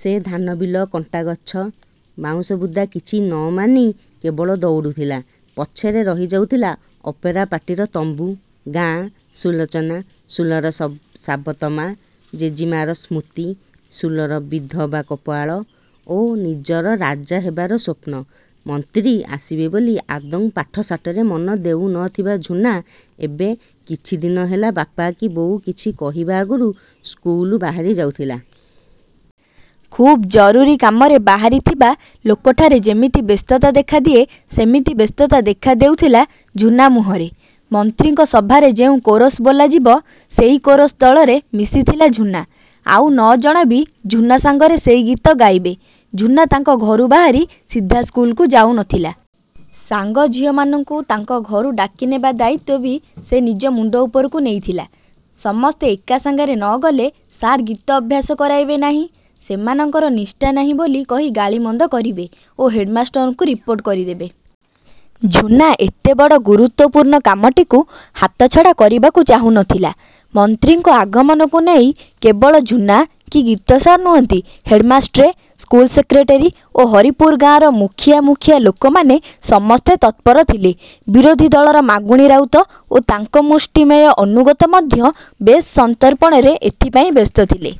ସେ ଧାନବିଲ, କଣ୍ଟାଗଛ,। ବାଉଁଶ ବୁଦା କିଛି ନ ମାନି କେବଳ ଦଉଡ଼ୁଥିଲା। ପଛରେ ରହିଯାଉଥିଲା ଅପେରା ପାର୍ଟିର ତମ୍ବୁ, ଗାଁ, ସୁଲୋଚନା, ସୁଲର ସାବତ ମା, ଜେଜିମାର ସ୍ମୃତି, ସୁଲର ବିଧବା କପାଳ ଓ ତା ନିଜର ରାଜା ହେବାର ସ୍ୱପ୍ନ। ମନ୍ତ୍ରୀ ଆସିବେ ବୋଲି ଆଦୌ ପାଠଶାଠରେ ମନ ଦେଉ ନ ଥିବା ଝୁନା ଏବେ କିଛିଦିନ ହେଲା ବାପା କି ବୋଉ କିଛି କହିବା ଆଗରୁ ସ୍କୁଲ୍କୁ ବାହାରି ଯାଉଥିଲା। ଖୁବ୍ ଜରୁରୀ କାମରେ ବାହାରିଥିବା ଲୋକଠାରେ ଯେମିତି ବ୍ୟସ୍ତତା ଦେଖାଦିଏ ସେମିତି ବ୍ୟସ୍ତତା ଦେଖା ଦେଉଥିଲା ଝୁନା ମୁହଁରେ। ମନ୍ତ୍ରୀଙ୍କ ସଭାରେ ଯେଉଁ କୋରସ୍ ବୋଲାଯିବ ସେଇ କୋରସ୍ ଦଳରେ ମିଶିଥିଲା ଝୁନା। ଆଉ ନଅଜଣ ବି ଝୁନା ସାଙ୍ଗରେ ସେଇ ଗୀତ ଗାଇବେ। ଝୁନା ତାଙ୍କ ଘରୁ ବାହାରି ସିଧା ସ୍କୁଲକୁ ଯାଉ ନ ଥିଲା। ସାଙ୍ଗ ଝିଅମାନଙ୍କୁ ତାଙ୍କ ଘରୁ ଡାକିନେବା ଦାୟିତ୍ୱ ବି ସେ ନିଜ ମୁଣ୍ଡ ଉପରକୁ ନେଇଥିଲା। ସମସ୍ତେ ଏକା ସାଙ୍ଗରେ ନ ଗଲେ ସାର୍ ଗୀତ ଅଭ୍ୟାସ କରାଇବେ ନାହିଁ। ସେମାନଙ୍କର ନିଷ୍ଠା ନାହିଁ ବୋଲି କହି ଗାଳିମନ୍ଦ କରିବେ ଓ ହେଡ୍ ମାଷ୍ଟରଙ୍କୁ ରିପୋର୍ଟ କରିଦେବେ। ଝୁନା ଏତେ ବଡ଼ ଗୁରୁତ୍ୱପୂର୍ଣ୍ଣ କାମଟିକୁ ହାତଛଡ଼ା କରିବାକୁ ଚାହୁଁ ନ ଥିଲା। ମନ୍ତ୍ରୀଙ୍କ ଆଗମନକୁ ନେଇ କେବଳ ଝୁନା କି ଗୀତସାର୍ ନୁହନ୍ତି, ହେଡ୍ମାଷ୍ଟ୍ରେ, ସ୍କୁଲ ସେକ୍ରେଟାରୀ ଓ ହରିପୁର ଗାଁର ମୁଖିଆ ମୁଖିଆ ଲୋକମାନେ ସମସ୍ତେ ତତ୍ପର ଥିଲେ। ବିରୋଧୀ ଦଳର ମାଗୁଣି ରାଉତ ଓ ତାଙ୍କ ମୁଷ୍ଟିମେୟ ଅନୁଗତ ମଧ୍ୟ ବେଶ୍ ସନ୍ତର୍ପଣରେ ଏଥିପାଇଁ ବ୍ୟସ୍ତ ଥିଲେ।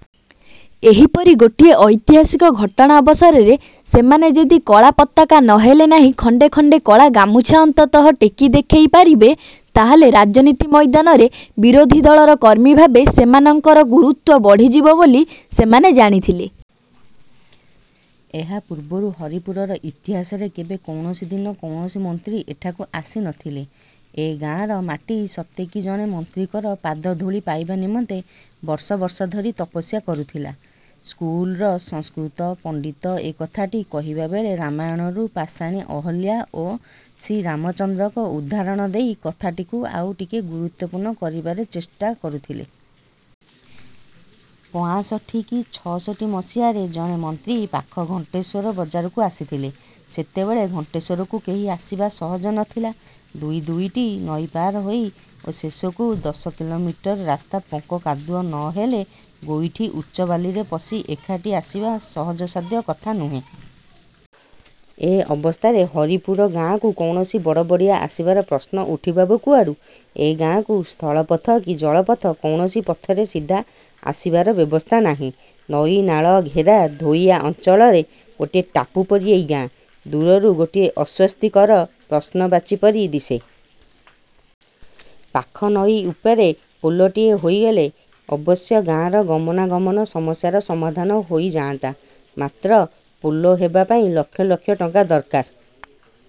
ଏହିପରି ଗୋଟିଏ ଐତିହାସିକ ଘଟଣା ଅବସରରେ ସେମାନେ ଯଦି କଳା ପତାକା ନ ହେଲା ନାହିଁ ଖଣ୍ଡେ ଖଣ୍ଡେ କଳା ଗାମୁଛା ଅନ୍ତତଃ ଟେକି ଦେଖେଇ ପାରିବେ ତାହେଲେ ରାଜନୀତି ମଇଦାନରେ ବିରୋଧୀ ଦଳର କର୍ମୀ ଭାବେ ସେମାନଙ୍କର ଗୁରୁତ୍ୱ ବଢ଼ିଯିବ ବୋଲି ସେମାନେ ଜାଣିଥିଲେ। ଏହା ପୂର୍ବରୁ ହରିପୁରର ଇତିହାସରେ କେବେ କୌଣସି ଦିନ କୌଣସି ମନ୍ତ୍ରୀ ଏଠାକୁ ଆସି ନ ଥିଲେ। ଏ ଗାଁର ମାଟି ସତେ କି ଜଣେ ମନ୍ତ୍ରୀଙ୍କର ପାଦଧୂଳି ପାଇବା ନିମନ୍ତେ ବର୍ଷ ବର୍ଷ ଧରି ତପସ୍ୟା କରୁଥିଲା। ସ୍କୁଲର ସଂସ୍କୃତ ପଣ୍ଡିତ ଏ କଥାଟି କହିବା ବେଳେ ରାମାୟଣରୁ ପାଷାଣୀ ଅହଲ୍ୟା ଓ ଶ୍ରୀରାମଚନ୍ଦ୍ରଙ୍କ ଉଦାହରଣ ଦେଇ କଥାଟିକୁ ଆଉ ଟିକେ ଗୁରୁତ୍ୱପୂର୍ଣ୍ଣ କରିବାର ଚେଷ୍ଟା କରୁଥିଲେ। ପଆଁଷଠି କି ଛଅଷଠି ମସିହାରେ ଜଣେ ମନ୍ତ୍ରୀ ପାଖ ଘଣ୍ଟେଶ୍ୱର ବଜାରକୁ ଆସିଥିଲେ। ସେତେବେଳେ ଘଣ୍ଟେଶ୍ୱରକୁ କେହି ଆସିବା ସହଜ ନଥିଲା। ଦୁଇ ଦୁଇଟି ନଈ ପାର ହୋଇ ଓ ଶେଷକୁ ଦଶ କିଲୋମିଟର ରାସ୍ତା ପଙ୍କ କାଦୁଅ ନ ହେଲେ ଗୋଇଠି ଉଚ୍ଚ ବାଲିରେ ପଶି ଏଠିକି ଆସିବା ସହଜସାଧ୍ୟ କଥା ନୁହେଁ। ଏ ଅବସ୍ଥାରେ ହରିପୁର ଗାଁକୁ କୌଣସି ବଡ଼ବଡ଼ିଆ ଆସିବାର ପ୍ରଶ୍ନ ଉଠିବ ବା କୁଆଡୁ! ଏ ଗାଁକୁ ସ୍ଥଳପଥ କି ଜଳପଥ କୌଣସି ପଥରେ ସିଧା ଆସିବାର ବ୍ୟବସ୍ଥା ନାହିଁ। ନଈ ନାଳ ଘେରା ଧୋଇଆ ଅଞ୍ଚଳରେ ଗୋଟାଏ ଟାପୁ ପରି ଏଇ ଗାଁ, ଦୂରରୁ ଗୋଟାଏ ଅସ୍ୱସ୍ତିକର ପ୍ରଶ୍ନବାଚୀ ପରି ଦିଶେ। ପାଖ ନଈ ଉପରେ ପୋଲଟିଏ ହୋଇଗଲେ ଅବଶ୍ୟ ଗାଁର ଗମନାଗମନ ସମସ୍ୟାର ସମାଧାନ ହୋଇଯାଆନ୍ତା। ମାତ୍ର ପୋଲ ହେବା ପାଇଁ ଲକ୍ଷ ଲକ୍ଷ ଟଙ୍କା ଦରକାର